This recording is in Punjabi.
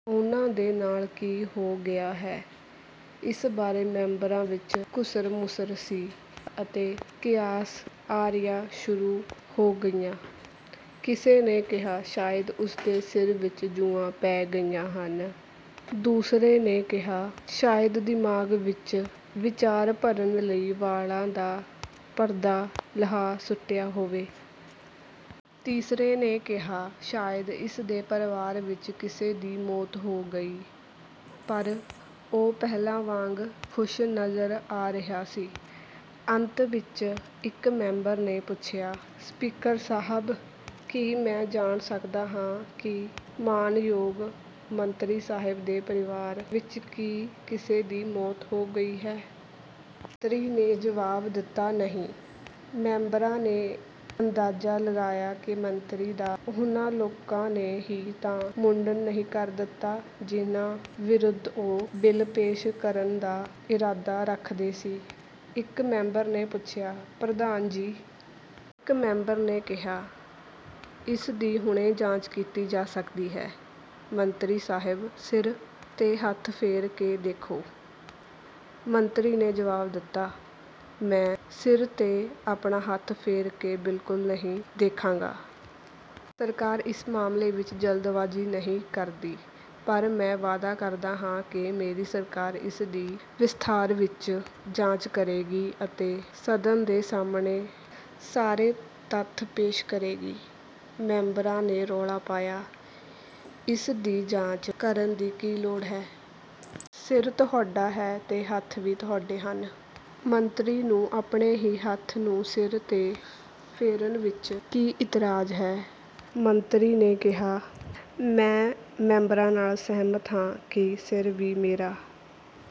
ਉਨ੍ਹਾਂ ਦੇ ਨਾਲ ਕੀ ਹੋ ਗਿਆ ਹੈ, ਇਸ ਬਾਰੇ ਮੈਂਬਰਾਂ ਵਿੱਚ ਘੁਸਰ-ਮੁਸਰ ਸੀ ਅਤੇ ਕਿਆਸ-ਅਰਾਈਆਂ ਸ਼ੁਰੂ ਹੋ ਗਈਆਂ। ਕਿਸੇ ਨੇ ਕਿਹਾ, "ਸ਼ਾਇਦ ਉਸ ਦੇ ਸਿਰ ਵਿੱਚ ਜੂੰਆਂ ਪੈ ਗਈਆਂ ਹਨ।" ਦੂਸਰੇ ਨੇ ਕਿਹਾ, "ਸ਼ਾਇਦ ਦਿਮਾਗ ਵਿੱਚ ਵਿਚਾਰ ਭਰਨ ਲਈ ਵਾਲਾਂ ਦਾ ਪਰਦਾ ਲਾਹ ਸੁੱਟਿਆ ਹੋਵੇ।" ਤੀਸਰੇ ਨੇ ਕਿਹਾ, "ਸ਼ਾਇਦ ਇਸ ਦੇ ਪਰਿਵਾਰ ਵਿੱਚ ਕਿਸੇ ਦੀ ਮੌਤ ਹੋ ਗਈ।" ਪਰ ਉਹ ਪਹਿਲਾਂ ਵਾਂਗ ਖੁਸ਼ ਨਜ਼ਰ ਆ ਰਿਹਾ ਸੀ। ਅੰਤ ਇੱਕ ਮੈਂਬਰ ਨੇ ਪੁੱਛਿਆ, "ਸਪੀਕਰ ਸਾਹਬ! ਕੀ ਮੈਂ ਜਾਣ ਸਕਦਾ ਹਾਂ ਕਿ ਮਾਣਯੋਗ ਮੰਤਰੀ ਸਾਹਿਬ ਦੇ ਪਰਿਵਾਰ ਵਿੱਚ ਕੀ ਕਿਸੇ ਦੀ ਮੌਤ ਹੋ ਗਈ ਹੈ?" ਮੰਤਰੀ ਨੇ ਜਵਾਬ ਦਿੱਤਾ, "ਨਹੀਂ।" ਮੈਂਬਰਾਂ ਨੇ ਅੰਦਾਜਾ ਲਗਾਇਆ ਕਿ ਮੰਤਰੀ ਦਾ ਉਨ੍ਹਾਂ ਲੋਕਾਂ ਨੇ ਹੀ ਤਾਂ ਮੁੰਡਨ ਨਹੀਂ ਕਰ ਦਿੱਤਾ ਜਿਨ੍ਹਾਂ ਵਿਰੁੱਧ ਉਹ ਬਿੱਲ ਪੇਸ਼ ਕਰਨ ਦਾ ਇਰਾਦਾ ਰੱਖਦੇ ਸੀ। ਇਕ ਮੈਂਬਰ ਨੇ ਪੁੱਛਿਆ, "ਪ੍ਰਧਾਨ ਜੀ! ਇਕ ਮੈਂਬਰ ਨੇ ਕਿਹਾ, "ਇਸ ਦੀ ਹੁਣੇ ਜਾਂਚ ਕੀਤੀ ਜਾ ਸਕਦੀ ਹੈ। ਮੰਤਰੀ ਸਾਹਿਬ, ਸਿਰ 'ਤੇ ਹੱਥ ਫੇਰ ਕੇ ਦੇਖੋ।" ਮੰਤਰੀ ਨੇ ਜਵਾਬ ਦਿੱਤਾ, "ਮੈਂ ਸਿਰ 'ਤੇ ਆਪਣਾ ਹੱਥ ਫੇਰ ਕੇ ਬਿਲਕੁਲ ਨਹੀਂ ਦੇਖਾਂਗਾ। ਸਰਕਾਰ ਇਸ ਮਾਮਲੇ ਵਿੱਚ ਜਲਦਬਾਜ਼ੀ ਨਹੀਂ ਕਰਦੀ। ਪਰ ਮੈਂ ਵਾਅਦਾ ਕਰਦਾ ਹਾਂ ਕਿ ਮੇਰੀ ਸਰਕਾਰ ਇਸ ਦੀ ਵਿਸਥਾਰ ਵਿੱਚ ਜਾਂਚ ਕਰੇਗੀ ਅਤੇ ਸਦਨ ਦੇ ਸਾਹਮਣੇ ਸਾਰੇ ਤੱਥ ਪੇਸ਼ ਕਰੇਗੀ।" ਮੈਂਬਰਾਂ ਨੇ ਰੌਲਾ ਪਾਇਆ, "ਇਸ ਦੀ ਜਾਂਚ ਕਰਨ ਦੀ ਕੀ ਲੋੜ ਹੈ? ਸਿਰ ਤੁਹਾਡਾ ਹੈ ਤੇ ਹੱਥ ਵੀ ਤੁਹਾਡੇ ਹਨ। ਮੰਤਰੀ ਨੂੰ ਆਪਣੇ ਹੀ ਹੱਥ ਨੂੰ ਸਿਰ 'ਤੇ ਫੇਰਨ ਵਿੱਚ ਕੀ ਇਤਰਾਜ਼ ਹੈ?" ਮੰਤਰੀ ਨੇ ਕਿਹਾ, "ਮੈਂ ਮੈਂਬਰਾਂ ਨਾਲ ਸਹਿਮਤ ਹਾਂ ਕਿ ਸਿਰ ਵੀ ਮੇਰਾ